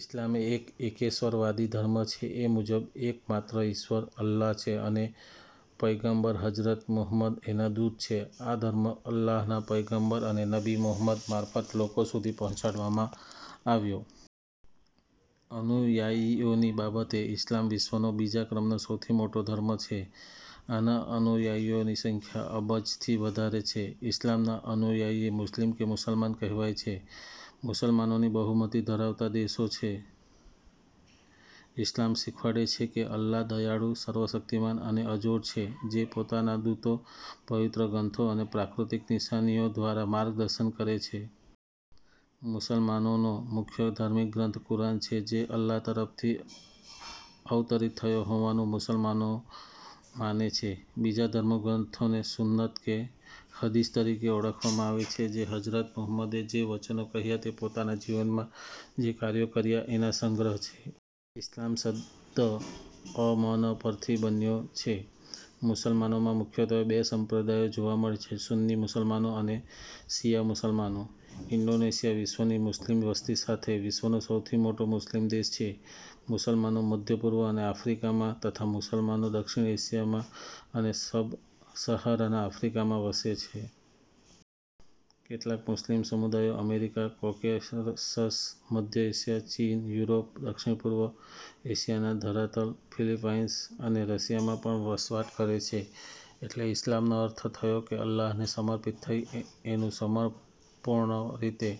ઇસ્લામ એક એકેશ્વરવાદી ધર્મ છે એ મુજબ એક માત્ર ઈશ્વર " અલ્લાહ " છે અને પયગંબર હજરત મુહમ્મદ એના દૂત છે. આ ધર્મ અલ્લાહના પયગંબર અને નબી મુહંમદ મારફત લોકો સુધી પહોંચાડવામાં આવ્યો. અનુયાયીઓની બાબતે ઇસ્લામ વિશ્વનો બીજા ક્રમનો સૌથી મોટો ધર્મ છે. આના અનુયાયીઓની સંખ્યા અબજથી વધારે છે, ઇસ્લામના અનુયાયી મુસ્લિમ કે મુસલમાન કહેવાય છે. મુસલમાનોની બહુમતી ધરાવતા દેશો છે. ઇસ્લામ શીખવાડે છે કે અલ્લાહ દયાળુ, સર્વ શક્તિમાન અને અજોડ છે જે પોતાના દૂતો, પવિત્ર ગ્રંથો અને પ્રાકૃતિક નિશાનીઓ દ્વારા માર્ગદશન કરે છે. મુસલમાનોનો મુખ્ય ધાર્મિક ગ્રંથ કુરાન છે જે અલ્લાહ તરફથી અવતરિત થયો હોવાનું મુસલમાનો માને છે. બીજા ધર્મગ્રંથોને સુન્નત કે હદીસ તરીકે ઓળખવામાં આવે છે, જે હજરત મુહમ્મદે જે વચનો કહ્યાં કે પોતાના જીવનમાં જે કાર્યો કર્યા એના સંગ્રહ છે. ઇસ્લામ શબ્દ અ-મ-ન પરથી બન્યો છે. મુસલમાનોમાં મુખ્યત્વે બે સંપ્રદાયો જોવા મળે છે. સુન્ની મુસલમાનો અને શિયા મુસલમાનો. ઇન્ડોનેશિયા વિશ્વનની મુસ્લિમ વસ્તી સાથે વિશ્વનો સૌથી મોટો મુસ્લિમ દેશ છે. મુસલમાનો મધ્ય-પૂર્વ અને આફ્રિકામાં તથા મુસલમાનો દક્ષિણ એશિયા માં અને સબ-સહારાના આફ્રિકામાં વસે છે. કેટલાક મુસ્લિમ સમૂદાયો અમેરિકા, કોકેસસ, મધ્ય એશિયા, ચીન, યુરોપ, દક્ષિણ પૂર્વ એશિયાના ધરાતલ, ફિલીપાઈન્સ અને રશિયામાં પણ વસવાટ કરે છે. એટલે ઇસ્લામનો અર્થ થયો કે અલ્લાહને સમર્પિત થઈ એનું સંપૂર્ણ રીતે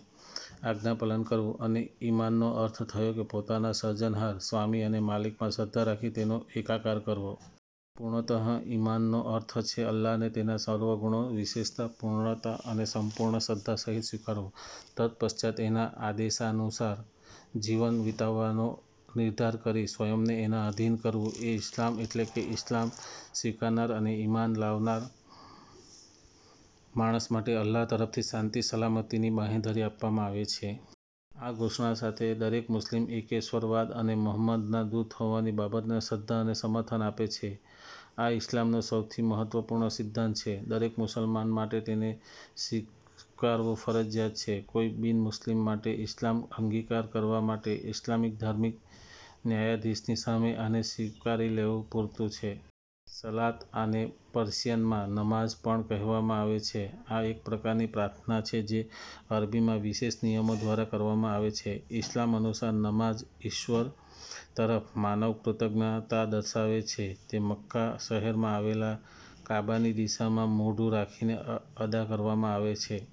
આજ્ઞાપાલન કરવું અને ઈમાનનો અર્થ થયો કે પોતાના સર્જનહાર, સ્વામી અને માલિકમાં શ્રદ્ધા રાખી તેનો એકરાર કરવો. પૂર્ણતઃ ઈમાનનો અર્થ છે અલ્લાહને તેના સર્વગુણો, વિશેષતા, પૂર્ણતા અને સંપૂર્ણ શ્રદ્ધા સહિત સ્વીકારવું. તદ્ પશ્ચાત એના આદેશાનુસાર જીવન વિતાવવાનો નિર્ધાર કરી સ્વંયને એના આઘીન કરવું એ ઇસ્લામ. એટલે કે ઇસ્લામ સ્વીકારનાર અને ઈમાન લાવનાર માણસ માટે અલ્લાહ તરફથી શાંતિ સલામતીની બાંહેધરી આપવામાં આવે છે. આ ઘોષણા સાથે, દરેક મુસ્લિમ એકેશ્વરવાદ અને મોહમ્મદના દૂત હોવાની બાબતને શ્રદ્ધા અને સમર્થન આપે છે. આ ઇસ્લામનો સૌથી મહત્વપૂર્ણ સિદ્ધાંત છે. દરેક મુસલમાન માટે તેને સ્વીકારવું ફરજિયાત છે. કોઈ બિનમુસ્લિમ માટે ઇસ્લામ અંગીકાર કરવા માટે ઇસ્લામિક ધાર્મિક ન્યાયાધીશની સામે આને સ્વીકારી લેવું પૂરતું છે. સલાત આને પર્શિયનમાં નમાઝ પણ કહેવામાં આવે છે. આ એક પ્રકારની પ્રાર્થના છે જે અરબીમાં વિશેષ નિયમો દ્વારા કરવામાં આવે છે. ઇસ્લામ અનુસાર, નમાઝ ઈશ્વર તરફ માનવ કૃતજ્ઞતા દર્શાવે છે. તે મક્કા શહેરમાં આવેલા કાબાની દિશામાં મોઢું રાખીને અદા કરવામાં આવે છે.